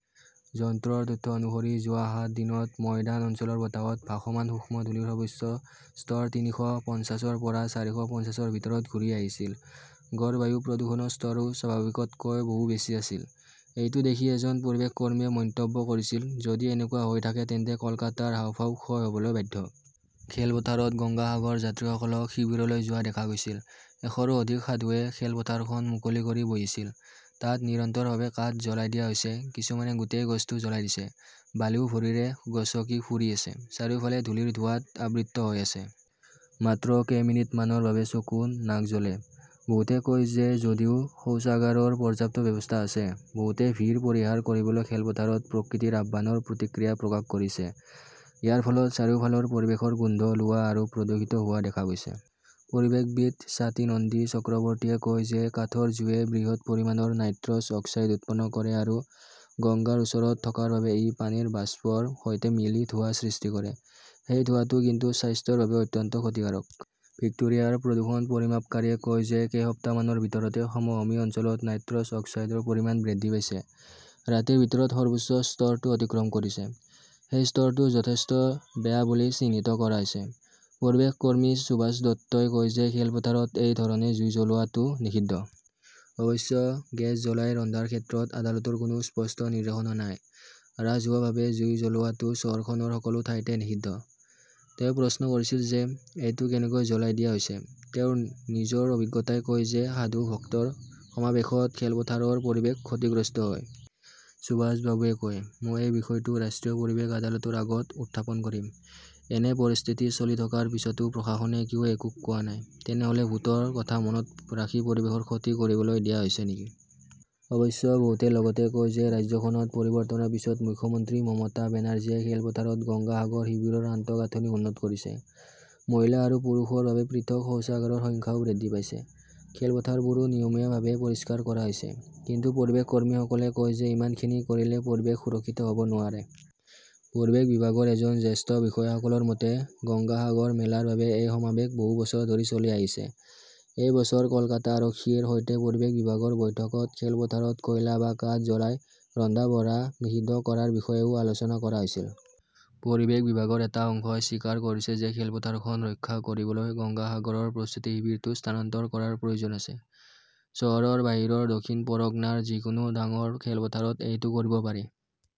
যন্ত্ৰৰ তথ্য অনুসৰি যোৱা সাত দিনত ময়দান অঞ্চলৰ বতাহত ভাসমান সূক্ষ্ম ধূলিৰ সৰ্বোচ্চ স্তৰ তিনিশ পঞ্চাশ ৰ পৰা চাৰিশ পঞ্চাশ ৰ ভিতৰত ঘূৰি আহিছিল। গড় বায়ু প্ৰদূষণৰ স্তৰো স্বাভাৱিকতকৈ বহু বেছি আছিল। এইটো দেখি এজন পৰিৱেশ কৰ্মীয়ে মন্তব্য কৰিছিল, "যদি এনেকুৱা হৈ থাকে তেন্তে কলকাতাৰ হাঁওফাঁও ক্ষয় হ'বলৈ বাধ্য। খেলপথাৰত গংগা সাগৰ যাত্ৰীসকলক শিবিৰলৈ যোৱা দেখা গৈছিল, এশৰো অধিক সাধুয়ে খেলপথাৰখন মুকলি কৰি বহিছিল। তাত নিৰন্তৰভাৱে কাঠ জ্বলাই দিয়া হৈছে, কিছুমানে গোটেই গছটো জ্বলাই দিছে। বালিও ভৰিৰে গচকি ফুৰি আছে। চাৰিওফাল ধূলিৰ ধোঁৱাত আবৃত হৈ আছে। মাত্ৰ কেইমিনিটমানৰ বাবে চকু, নাক জ্বলে। বহুতে কয় যে যদিও শৌচাগাৰৰ পৰ্যাপ্ত ব্যৱস্থা আছে, বহুতে ভিৰ পৰিহাৰ কৰিবলৈ খেলপথাৰত প্ৰকৃতিৰ আহ্বানৰ প্ৰতিক্ৰিয়া প্ৰকাশ কৰিছে। ইয়াৰ ফলত চাৰিওফালৰ পৰিৱেশৰ গোন্ধ ওলোৱা আৰু প্ৰদূষিত হোৱা দেখা গৈছে। পৰিৱেশবিদ স্বাতী নন্দী চক্ৰৱৰ্তীয়ে কয় যে কাঠৰ জুইয়ে বৃহৎ পৰিমাণৰ নাইট্ৰছ অক্সাইড উৎপন্ন কৰে আৰু গংগাৰ ওচৰত থকাৰ বাবে ই পানীৰ বাষ্পৰ সৈতে মিলি ধোঁৱা সৃষ্টি কৰে। সেই ধোঁৱাটো কিন্তু স্বাস্থ্যৰ বাবে অত্যন্ত ক্ষতিকাৰক। ভিক্টোৰিয়াৰ প্ৰদূষণ পৰিমাপকাৰীয়ে কয় যে কেইসপ্তাহমানৰ ভিতৰতে সমভূমি অঞ্চলত নাইট্ৰছ অক্সাইডৰ পৰিমাণ বৃদ্ধি পাইছে। ৰাতিৰ ভিতৰত সৰ্বোচ্চ স্তৰটো অতিক্ৰম কৰিছে। সেই স্তৰটো যথেষ্ট বেয়া বুলি চিহ্নিত কৰা হৈছে। পৰিৱেশ কৰ্মী সুভাষ দত্তই কয় যে খেলপথাৰত এই ধৰণে জুই জ্বলোৱাটো নিষিদ্ধ। অৱশ্যে, গেছ জ্বলাই ৰন্ধাৰ ক্ষেত্ৰত আদালতৰ কোনো স্পষ্ট নিৰ্দেশনা নাই। ৰাজহুৱাভাৱে জুই জ্বলোৱাটো চহৰখনৰ সকলো ঠাইতে নিষিদ্ধ। তেওঁ প্ৰশ্ন কৰিছিল যে, এইটো কেনেকৈ জ্বলাই দিয়া হৈছে। তেওঁৰ নিজৰ অভিজ্ঞতাই কয় যে সাধু-ভক্তৰ সমাৱেশত খেলপথাৰৰ পৰিৱেশ ক্ষতিগ্ৰস্ত হয়। সুভাষ বাবুৱে কয়, মই এই বিষয়টো ৰাষ্ট্ৰীয় পৰিৱেশ আদালতৰ আগত উত্থাপন কৰিম। এনে পৰিস্থিতি চলি থকাৰ পিছতো প্ৰশাসনে কিয় একো কোৱা নাই? তেনেহ'লে ভোটৰ কথা মনত ৰাখি পৰিৱেশৰ ক্ষতি কৰিবলৈ দিয়া হৈছে নেকি? অৱশ্যে বহুতে লগতে কয় যে ৰাজ্যখনত পৰিৱৰ্তনৰ পিছত মুখ্যমন্ত্ৰী মমতা বেনাৰ্জীয়ে খেলপথাৰত গংগা সাগৰ শিবিৰৰ আন্তঃগাঁথনি উন্নত কৰিছে। মহিলা আৰু পুৰুষৰ বাবে পৃথক শৌচাগাৰৰ সংখ্যাও বৃদ্ধি পাইছে। খেলপথাৰবোৰো নিয়মীয়াভাৱে পৰিষ্কাৰ কৰা হৈছে। কিন্তু পৰিৱেশ কৰ্মীসকলে কয় যে ইমানখিনি কৰিলে পৰিৱেশ সুৰক্ষিত হ'ব নোৱাৰে। পৰিৱেশ বিভাগৰ এজন জ্যেষ্ঠ বিষয়াসকলৰ মতে, গংগা সাগৰ মেলাৰ বাবে এই সমাৱেশ বহু বছৰ ধৰি চলি আহিছে। এই বছৰ কলকাতা আৰক্ষীৰ সৈতে পৰিৱেশ বিভাগৰ বৈঠকত খেলপথাৰত কয়লা বা কাঠ জ্বলাই ৰন্ধা-বঢ়া নিষিদ্ধ কৰাৰ বিষয়েও আলোচনা কৰা হৈছিল। পৰিৱেশ বিভাগৰ এটা অংশই স্বীকাৰ কৰিছে যে খেলপথাৰখন ৰক্ষা কৰিবলৈ গংগা সাগৰৰ প্ৰস্তুতি শিবিৰটো স্থানান্তৰ কৰাৰ প্ৰয়োজন আছে। চহৰৰ বাহিৰৰ দক্ষিণ পৰগনাৰ যিকোনো ডাঙৰ খেলপথাৰত এইটো কৰিব পাৰি।